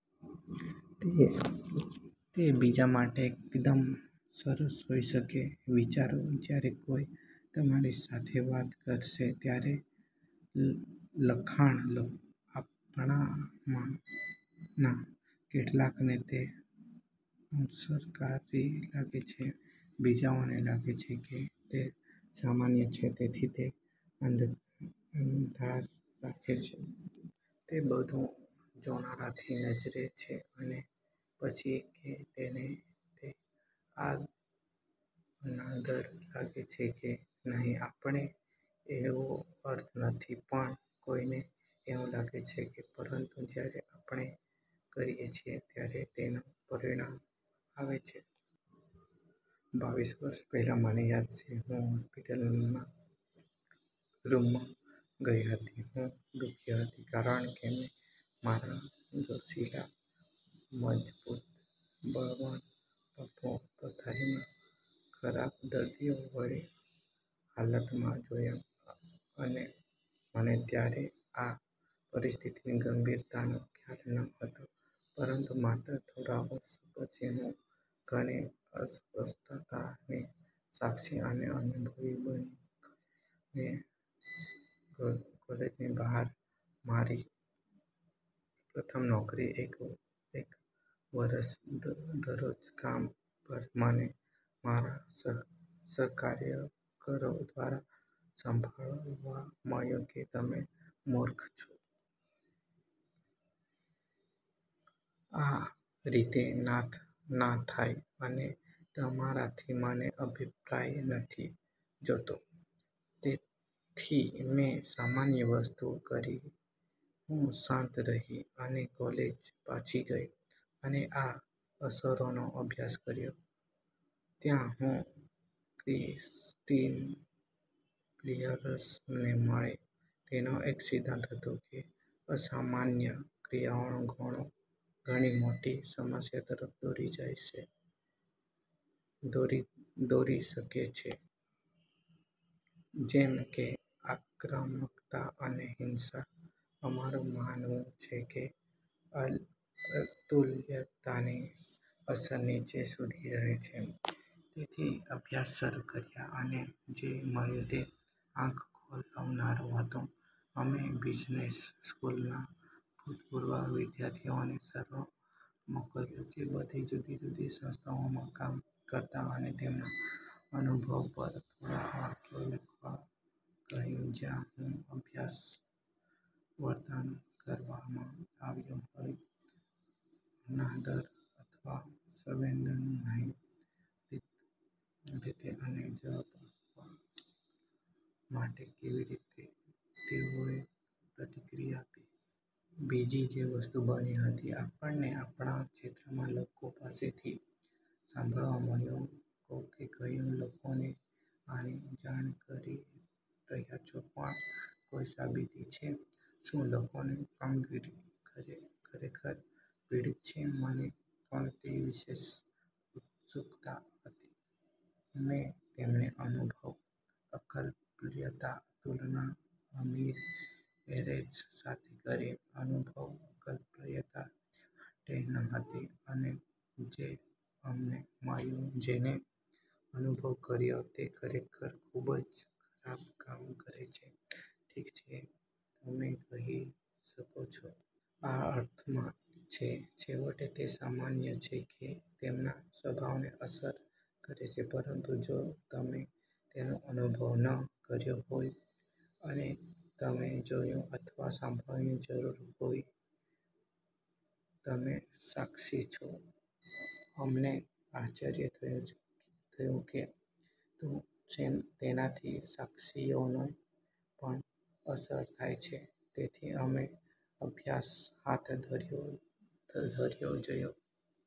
તે બીજા માટે એકદમ સરસ હોઈ શકે છે. વિચારો, જ્યારે કોઈ તમારી સાથે વાત કરશે ત્યારે લખાણ લો. આપણામાંના કેટલાકને તે અસરકારી લાગે છે, બીજાઓને લાગે છે કે તે સામાન્ય છે. તેથી તે આધાર રાખે છે. તે બધું જોનારની નજરે છે અને પછી કે તેને તે અનાદર લાગે છે કે નહીં. આપણો એવો અર્થ નથી પણ કોઈને એવું લાગે છે પરંતુ જ્યારે આપણે કરીએ છીએ, ત્યારે તેનું પરિણામ આવે છે. બાવીસ વર્ષ પહેલાં, મને યાદ છે હું હોસ્પિટલના રૂમમાં ગઈ હતી. હું દુખી હતી કારણકે મે મારા જોશીલા, મજબૂત, બળવાન પપ્પાને પથરીમાં ખરાબ દર્દીઓ વાળી હાલતમાં જોયા. અને મને ત્યારે આ પરિસ્થિતિની ગંભીરતાનો ખ્યાલ ન હતો પરંતુ માત્ર થોડા વર્ષો પછી, હું ઘણી અસ્પષ્ટતા ની સાક્ષી અને અનુભવી બની કોલેજની બહાર મારી પ્રથમ નોકરી એક વરસ દરરોજ કામ પર મને મારા સહકાર્યકરો દ્વારા સાંભળવા મળ્યું કે, "તમે મૂર્ખ છો? આ રીતે ના થાય, " અને "તારાથી મને અભિપ્રાય નથી જોઈતો. " તેથી મે સામાન્ય વસ્તુ કરી હું શાંત રહી, અને કોલેજ પાછી ગઈ અને આ અસરોનો અભ્યાસ કર્યો. ત્યાં, હું ક્રિષ્ટીન પિઅર્સનને મળી તેમનો એક સિદ્ધાંત હતો, કે અસામાન્ય ક્રિયાઓ ઘણી મોટી સમસ્યા તરફ દોરી સકે છે. જેમ કે આક્રમકતા અને હિંસા. અમારું માનવું છે કે અતુલ્યતાની અસર નીચે સુધી રહે છે. તેથી અભ્યાસ શરૂ કર્યો, અને જે મળ્યું તે આંખ ખોલાવનારું હતું. અમે બિઝનેસ સ્કૂલના ભુતપૂર્વ વિધ્યાર્થીઓને સર્વે મોકલ્યો જે બધી જુદી જુદી સંસ્થાઓમાં કામ કરતાં અમે તેમના અનુભવ પર થોડા વાક્યો લખવા કહ્યું જ્યાં અસભ્ય વર્તન કરવામાં આવ્યું હોય, અનાદર અથવા સંવેદનહીન રીતે અને જવાબ આપવા માટે કેવી રીતે તેઓએ પ્રતિક્રિયા આપી. બીજી જે વસ્તુ બની હતી, આપણે આપણાં ક્ષેત્રના લોકો પાસેથી સાંભળવા મળ્યું કોકે કહ્યું, "લોકોને આની જાણ કરી રહ્યા છો, પણ કોઈ સાબિતી છે? શું લોકોની કામગીરી ખરેખર પીડિત છે? " મને પણ તે વિશે ઉત્સુકતા હતી. મે તેમની અનુભવ અકલ્પ્યતા તુલના અમીર એરેઝ સાથે કરી અનુભવ અકલ્પ્યતા તે માટે ન હતી. અને જે અમને મળ્યું જેને અનુભવ કર્યો તે ખરેખર ખુબજ ખરાબ કામ કરે છે. ઠીક છે તમે કહી શકો છો. "આ અર્થમાં છે. છેવટે, તે સામાન્ય છે કે તેમના સ્વભાવને અસર કરે છે. " પરંતુ જો તમે તેનો અનુભવ ન કર્યો હોય? અને તમે જોયું અથવા સંભાળ્યું જરૂર હોય? તમે સાક્ષી છો અમને આશ્ચર્ય થયું કે શું તેનાથી સાક્ષીઓને પણ અસર થાય છે. તેથી અમે અભ્યાસ હાથ ધર્યો જ્યાં